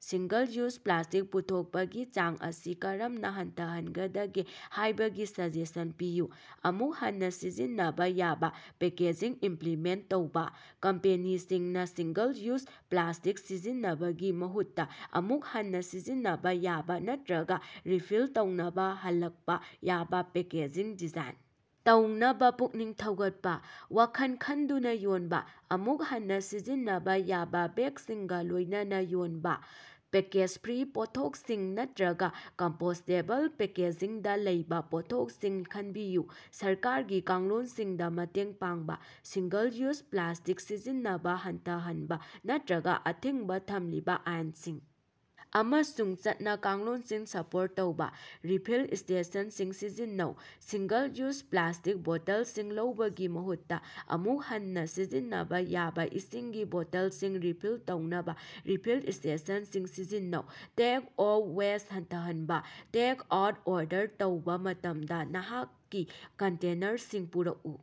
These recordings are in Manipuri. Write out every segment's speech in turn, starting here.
ꯁꯤꯡꯒꯜ-ꯌꯨꯖ ꯄ꯭ꯂꯥꯁꯇꯤꯛ ꯄꯨꯊꯣꯛꯄꯒꯤ ꯆꯥꯡ ꯑꯁꯤ ꯀꯔꯝꯅ ꯍꯟꯊꯍꯟꯒꯗꯒꯦ ꯍꯥꯏꯕꯒꯤ ꯁꯖꯦꯁꯟ ꯄꯤꯌꯨ꯫ ꯑꯃꯨꯛ ꯍꯟꯅ ꯁꯤꯖꯤꯟꯅꯕ ꯌꯥꯕꯥ ꯄꯦꯀꯦꯖꯤꯡ ꯏꯝꯄꯂꯤꯃꯦꯟꯇ ꯇꯧꯕꯥ: ꯀꯝꯄꯦꯅꯤꯁꯤꯡꯅꯥ ꯁꯤꯡꯒꯜ-ꯌꯨꯖ ꯄ꯭ꯂꯥꯁꯇꯤꯛ ꯁꯤꯖꯤꯟꯅꯕꯒꯤ ꯃꯍꯨꯠꯇ ꯑꯃꯨꯛ ꯍꯟꯅ ꯁꯤꯖꯤꯟꯅꯕ ꯌꯥꯕ ꯅꯠꯇꯔꯒ ꯔꯤꯐꯤꯜ ꯇꯧꯅꯕ ꯍꯜꯂꯛꯄ ꯌꯥꯕ ꯄꯦꯀꯦꯖꯤꯡ ꯗꯤꯖꯥꯏꯟ ꯇꯧꯅꯕ ꯄꯨꯛꯅꯤꯡ ꯊꯧꯒꯠꯄ꯫ ꯋꯥꯈꯜ ꯈꯟꯗꯨꯅ ꯌꯣꯟꯕ: ꯑꯃꯨꯛ ꯍꯟꯅꯥ ꯁꯤꯖꯤꯟꯅꯕꯥ ꯌꯥꯕ ꯕꯦꯒꯁꯤꯡꯒꯥ ꯂꯣꯏꯅꯅ ꯌꯣꯟꯕ, ꯄꯦꯀꯦꯖ-ꯐ꯭ꯔꯤ ꯄꯣꯠꯊꯣꯛꯁꯤꯡ ꯅꯠꯇꯔꯒꯥ ꯀꯝꯄꯣꯁꯇꯦꯕꯜ ꯄꯦꯀꯦꯖꯤꯡꯗꯥ ꯂꯩꯕꯥ ꯄꯣꯠꯊꯣꯛꯁꯤꯡ ꯈꯟꯕꯤꯌꯨ꯫ ꯁꯔꯀꯥꯔꯒꯤ ꯀꯥꯡꯂꯣꯟꯁꯤꯡꯗꯥ ꯃꯇꯦꯡ ꯄꯥꯡꯕ: ꯁꯤꯡꯒꯜ-ꯌꯨꯖ ꯄ꯭ꯂꯥꯁꯇꯤꯛ ꯁꯤꯖꯤꯟꯅꯕꯥ ꯍꯟꯊꯍꯟꯕ ꯅꯠꯇꯔꯒꯥ ꯑꯊꯤꯡꯕꯥ ꯊꯝꯂꯤꯕꯥ ꯑꯥꯏꯅꯁꯤꯡ ꯑꯃꯁꯨꯡ ꯆꯠꯅ-ꯀꯥꯡꯂꯣꯟꯁꯤꯡ ꯁꯄꯣꯔꯠ ꯇꯧꯕꯥ꯫ ꯔꯤꯐꯤꯜ ꯁ꯭ꯇꯦꯁꯟꯁꯤꯡ ꯁꯤꯖꯤꯟꯅꯧ: ꯁꯤꯡꯒꯜ-ꯌꯨꯖ ꯄ꯭ꯂꯥꯁꯇꯤꯛ ꯕꯣꯇꯜꯁꯤꯡ ꯂꯧꯕꯒꯤ ꯃꯍꯨꯠꯇꯥ, ꯑꯃꯨꯛ ꯍꯟꯅꯥ ꯁꯤꯖꯤꯟꯅꯕ ꯌꯥꯕ ꯏꯁꯤꯡꯒꯤ ꯕꯣꯇꯜꯁꯤꯡ ꯔꯤꯐꯤꯜ ꯇꯧꯅꯕ ꯔꯤꯐꯤꯜ ꯁ꯭ꯇꯦꯁꯟꯁꯤꯡ ꯁꯤꯖꯤꯟꯅꯧ꯫ ꯇꯦꯛ-ꯑꯣꯐ ꯋꯦꯁꯠ ꯍꯟꯊꯍꯟꯕꯥ: ꯇꯦꯛ-ꯑꯥꯎꯠ ꯑꯣꯔꯗꯔ ꯇꯧꯕꯥ ꯃꯇꯝꯗ ꯅꯍꯥꯛꯀꯤ ꯀꯟꯇꯦꯅꯔꯁꯤꯡ ꯄꯨꯔꯛꯎ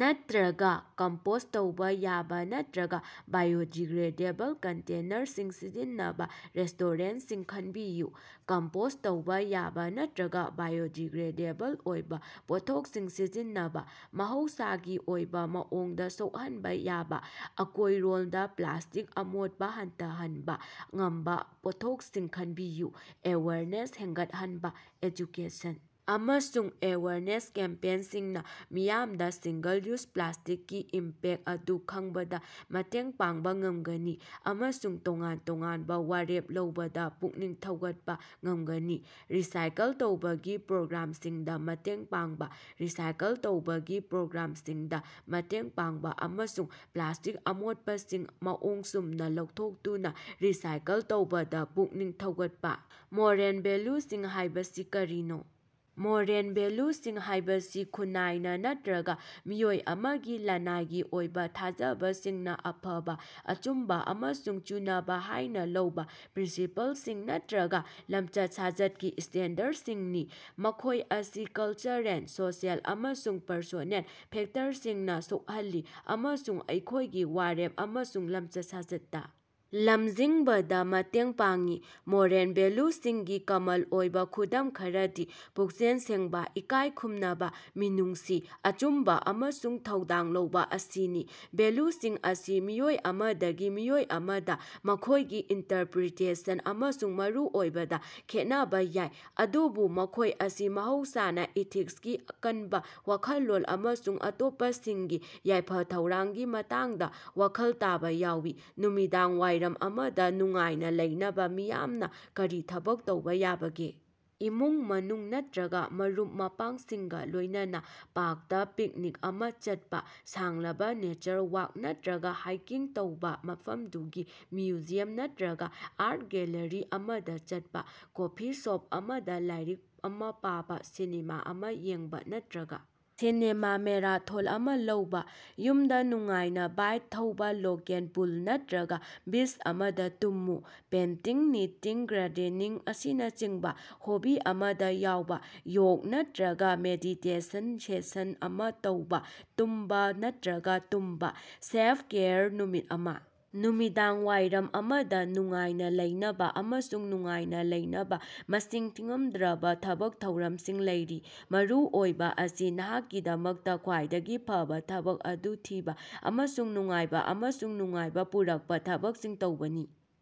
ꯅꯠꯇꯔꯒꯥ ꯀꯝꯄꯣꯁꯠ ꯇꯧꯕ ꯌꯥꯕ ꯅꯠꯇꯔꯒꯥ ꯕꯥꯏꯑꯣꯗꯤꯒ꯭ꯔꯦꯗꯦꯕꯜ ꯀꯟꯇꯦꯅꯔꯁꯤꯡ ꯁꯤꯖꯤꯟꯅꯕ ꯔꯦꯁꯇꯣꯔꯦꯟꯇꯁꯤꯡ ꯈꯟꯕꯤꯌꯨ꯫ ꯀꯝꯄꯣꯁꯠ ꯇꯧꯕ ꯌꯥꯕ ꯅꯠꯇꯔꯒꯥ ꯕꯥꯏꯑꯣꯗꯤꯒ꯭ꯔꯦꯗꯦꯕꯜ ꯑꯣꯏꯕ ꯄꯣꯠꯊꯣꯛꯁꯤꯡ ꯁꯤꯖꯤꯟꯅꯕ: ꯃꯍꯧꯁꯥꯒꯤ ꯑꯣꯏꯕ ꯃꯑꯣꯡꯗ ꯁꯣꯛꯍꯟꯕ ꯌꯥꯕ, ꯑꯀꯣꯏꯔꯣꯟꯗ ꯄ꯭ꯂꯥꯁꯇꯤꯛ ꯑꯃꯣꯠꯄꯥ ꯍꯟꯊꯍꯟꯕꯥ ꯉꯝꯕ ꯄꯣꯠꯊꯣꯛꯁꯤꯡ ꯈꯟꯕꯤꯌꯨ꯫ ꯑꯦꯋꯦꯌꯔꯅꯦꯁ ꯍꯦꯟꯒꯠꯍꯟꯕꯥ: ꯑꯦꯖꯨꯀꯦꯁꯟ ꯑꯃꯁꯨꯡ ꯑꯦꯋꯦꯌꯔꯅꯦꯁ ꯀꯦꯝꯄꯦꯟꯁꯤꯡꯅꯥ ꯃꯤꯌꯥꯝꯗꯥ ꯁꯤꯡꯒꯜ-ꯌꯨꯖ ꯄ꯭ꯂꯥꯁꯇꯤꯛꯀꯤ ꯏꯝꯄꯦꯛꯇ ꯑꯗꯨ ꯈꯪꯕꯗ ꯃꯇꯦꯡ ꯄꯥꯡꯕꯥ ꯉꯝꯒꯅꯤ ꯑꯃꯁꯨꯡ ꯇꯣꯉꯥꯟ ꯇꯣꯉꯥꯟꯕ ꯋꯥꯔꯦꯞ ꯂꯧꯕꯗ ꯄꯨꯛꯅꯤꯡ ꯊꯧꯒꯠꯄ ꯉꯝꯒꯅꯤ꯫ ꯔꯤꯁꯥꯏꯀꯜ ꯇꯧꯕꯒꯤ ꯄ꯭ꯔꯣꯒ꯭ꯔꯥꯃꯁꯤꯡꯗꯥ ꯃꯇꯦꯡ ꯄꯥꯡꯕꯥ: ꯔꯤꯁꯥꯏꯀꯜ ꯇꯧꯕꯒꯤ ꯄ꯭ꯔꯣꯒ꯭ꯔꯥꯃꯁꯤꯡꯗꯥ ꯃꯇꯦꯡ ꯄꯥꯡꯕꯥ ꯑꯃꯁꯨꯡ ꯄ꯭ꯂꯥꯁꯇꯤꯛ ꯑꯃꯣꯠꯄꯁꯤꯡ ꯃꯑꯣꯡ ꯆꯨꯝꯅ ꯂꯧꯊꯣꯛꯇꯨꯅꯥ ꯔꯤꯁꯥꯏꯀꯜ ꯇꯧꯕꯗꯥ ꯄꯨꯛꯅꯤꯡ ꯊꯧꯒꯠꯄꯥ꯫ ꯃꯣꯔꯦꯜ ꯚꯦꯜꯌꯨꯁꯤꯡ ꯍꯥꯏꯕꯁꯤ ꯀꯔꯤꯅꯣ? ꯃꯣꯔꯦꯜ ꯚꯦꯜꯌꯨꯁꯤꯡ ꯍꯥꯏꯕꯁꯤ ꯈꯨꯟꯅꯥꯏꯅ ꯅꯠꯇꯔꯒꯥ ꯃꯤꯑꯣꯏ ꯑꯃꯒꯤ ꯂꯅꯥꯏꯒꯤ ꯑꯣꯏꯕ ꯊꯥꯖꯕꯁꯤꯡꯅ ꯑꯐꯕ, ꯑꯆꯨꯝꯕ ꯑꯃꯁꯨꯡ ꯆꯨꯅꯕ ꯍꯥꯏꯅ ꯂꯧꯕ ꯄ꯭ꯔꯤꯟꯁꯤꯄꯜꯁꯤꯡ ꯅꯠꯇꯔꯒꯥ ꯂꯝꯆꯠ-ꯁꯥꯖꯠꯀꯤ ꯁ꯭ꯇꯦꯟꯗꯔꯗꯁꯤꯡꯅꯤ꯫ ꯃꯈꯣꯏ ꯑꯁꯤ ꯀꯂꯆꯔꯦꯜ, ꯁꯣꯁꯤꯑꯦꯜ ꯑꯃꯁꯨꯡ ꯄꯔꯁꯣꯅꯦꯜ ꯐꯦꯛꯇꯔꯁꯤꯡꯅꯥ ꯁꯣꯛꯍꯜꯂꯤ ꯑꯃꯁꯨꯡ ꯑꯩꯈꯣꯏꯒꯤ ꯋꯥꯔꯦꯞ ꯑꯃꯁꯨꯡ ꯂꯝꯆꯠ-ꯁꯥꯖꯠꯇꯥ ꯂꯝꯖꯤꯡꯕꯗꯥ ꯃꯇꯦꯡ ꯄꯥꯡꯏ꯫ ꯃꯣꯔꯦꯜ ꯚꯦꯜꯌꯨꯁꯤꯡꯒꯤ ꯀꯃꯟ ꯑꯣꯏꯕꯥ ꯈꯨꯗꯝ ꯈꯔꯗꯤ ꯄꯨꯛꯆꯦꯜ ꯁꯦꯡꯕꯥ, ꯏꯀꯥꯏ ꯈꯨꯝꯅꯕ, ꯃꯤꯅꯨꯡꯁꯤ, ꯑꯆꯨꯝꯕ ꯑꯃꯁꯨꯡ ꯊꯧꯗꯥꯡ ꯂꯧꯕꯥ ꯑꯁꯤꯅꯤ꯫ ꯚꯦꯜꯌꯨꯁꯤꯡ ꯑꯁꯤ ꯃꯤꯑꯣꯏ ꯑꯃꯗꯒꯤ ꯃꯤꯑꯣꯏ ꯑꯃꯗ ꯃꯈꯣꯏꯒꯤ ꯏꯟꯇꯔꯄꯔꯤꯇꯦꯁꯟ ꯑꯃꯁꯨꯡ ꯃꯔꯨꯑꯣꯏꯕꯗꯥ ꯈꯦꯠꯅꯕ ꯌꯥꯏ, ꯑꯗꯨꯕꯨ ꯃꯈꯣꯏ ꯑꯁꯤ ꯃꯍꯧꯁꯥꯅ ꯏꯊꯤꯛꯁꯀꯤ ꯑꯀꯅꯕꯥ ꯋꯥꯈꯜꯂꯣꯟ ꯑꯃꯁꯨꯡ ꯑꯇꯣꯞꯄꯁꯤꯡꯒꯤ ꯌꯥꯏꯐ-ꯊꯧꯔꯥꯡꯒꯤ ꯃꯇꯥꯡꯗꯥ ꯋꯥꯈꯜ ꯇꯥꯕꯥ ꯌꯥꯎꯏ꯫ ꯅꯨꯃꯤꯗꯥꯡꯋꯥꯏꯔꯝ ꯑꯃꯗꯥ ꯅꯨꯡꯉꯥꯏꯅꯥ ꯂꯩꯅꯕꯥ ꯃꯤꯌꯥꯝꯅꯥ ꯀꯔꯤ ꯊꯕꯛ ꯇꯧꯕꯥ ꯌꯥꯕꯒꯦ? ꯏꯃꯨꯡ ꯃꯅꯨꯡ ꯅꯠꯇꯔꯒꯥ ꯃꯔꯨꯞ ꯃꯄꯥꯡꯁꯤꯡꯒꯥ ꯂꯣꯏꯅꯅ ꯄꯥꯔꯛꯇꯥ ꯄꯤꯛꯅꯤꯛ ꯑꯃꯥ ꯆꯠꯄꯥ ꯁꯥꯡꯂꯕꯥ ꯅꯦꯆꯔ ꯋꯥꯀꯔ ꯅꯠꯇꯔꯒꯥ ꯍꯥꯏꯀꯤꯡ ꯇꯧꯕꯥ ꯃꯐꯝꯗꯨꯒꯤ ꯃ꯭ꯌꯨꯖꯤꯌꯝ ꯅꯠꯇꯔꯒꯥ ꯑꯥꯔꯠ ꯒꯦꯜꯂꯔꯤ ꯑꯃꯗꯥ ꯆꯠꯄꯥ ꯀꯣꯐꯤ ꯁꯣꯞ ꯑꯃꯗꯥ ꯂꯥꯏꯔꯤꯛ ꯑꯃꯥ ꯄꯥꯕꯥ ꯁꯤꯅꯦꯃꯥ ꯑꯃꯥ ꯌꯦꯡꯕꯥ ꯅꯠꯇꯔꯒꯥ ꯁꯤꯅꯦꯃꯥ ꯃꯦꯔꯥꯊꯣꯟ ꯑꯃꯥ ꯂꯧꯕꯥ꯫ ꯌꯨꯝꯗꯥ ꯅꯨꯡꯉꯥꯏꯅꯥ ꯕꯥꯏꯛ ꯊꯧꯕꯥ ꯂꯣꯀꯦꯜ ꯄꯨꯜ ꯅꯠꯇꯔꯒꯥ ꯕꯤꯆ ꯑꯃꯗꯥ ꯇꯨꯝꯃꯨ ꯄꯦꯟꯇꯤꯡ, ꯅꯤꯇꯤꯡ, ꯒꯥꯔꯗꯦꯅꯤꯡ ꯑꯁꯤꯅꯆꯤꯡꯕꯥ ꯍꯣꯕꯤ ꯑꯃꯗꯥ ꯌꯥꯎꯕꯥ ꯌꯣꯒ ꯅꯠꯇꯔꯒꯥ ꯃꯦꯗꯤꯇꯦꯁꯟ ꯁꯦꯁꯟ ꯑꯃꯥ ꯇꯧꯕꯥ ꯇꯨꯝꯕꯥ ꯅꯠꯇꯔꯒꯥ ꯇꯨꯝꯕꯥ꯫ ꯁꯦꯜꯐ-ꯀꯦꯌꯔ ꯅꯨꯃꯤꯠ ꯑꯃꯥ꯫ ꯅꯨꯃꯤꯗꯥꯡꯋꯥꯏꯔꯝ ꯑꯃꯗꯥ ꯅꯨꯡꯉꯥꯏꯅꯥ ꯂꯩꯅꯕꯥ ꯑꯃꯁꯨꯡ ꯅꯨꯡꯉꯥꯏꯅꯥ ꯂꯩꯅꯕꯥ ꯃꯁꯤꯡ ꯊꯤꯉꯝꯗ꯭ꯔꯕꯥ ꯊꯕꯛ ꯊꯧꯔꯝꯁꯤꯡ ꯂꯩꯔꯤ꯫ ꯃꯔꯨꯑꯣꯏꯕꯥ ꯑꯁꯤ ꯅꯍꯥꯛꯀꯤꯗꯃꯛꯇꯥ ꯈ꯭ꯋꯥꯏꯗꯒꯤ ꯐꯕꯥ ꯊꯕꯛ ꯑꯗꯨ ꯊꯤꯕ ꯑꯃꯁꯨꯡ ꯅꯨꯡꯉꯥꯏꯕꯥ ꯑꯃꯁꯨꯡ ꯅꯨꯡꯉꯥꯏꯕꯥ ꯄꯨꯔꯛꯄꯥ ꯊꯕꯛꯁꯤꯡ ꯇꯧꯕꯅꯤ꯫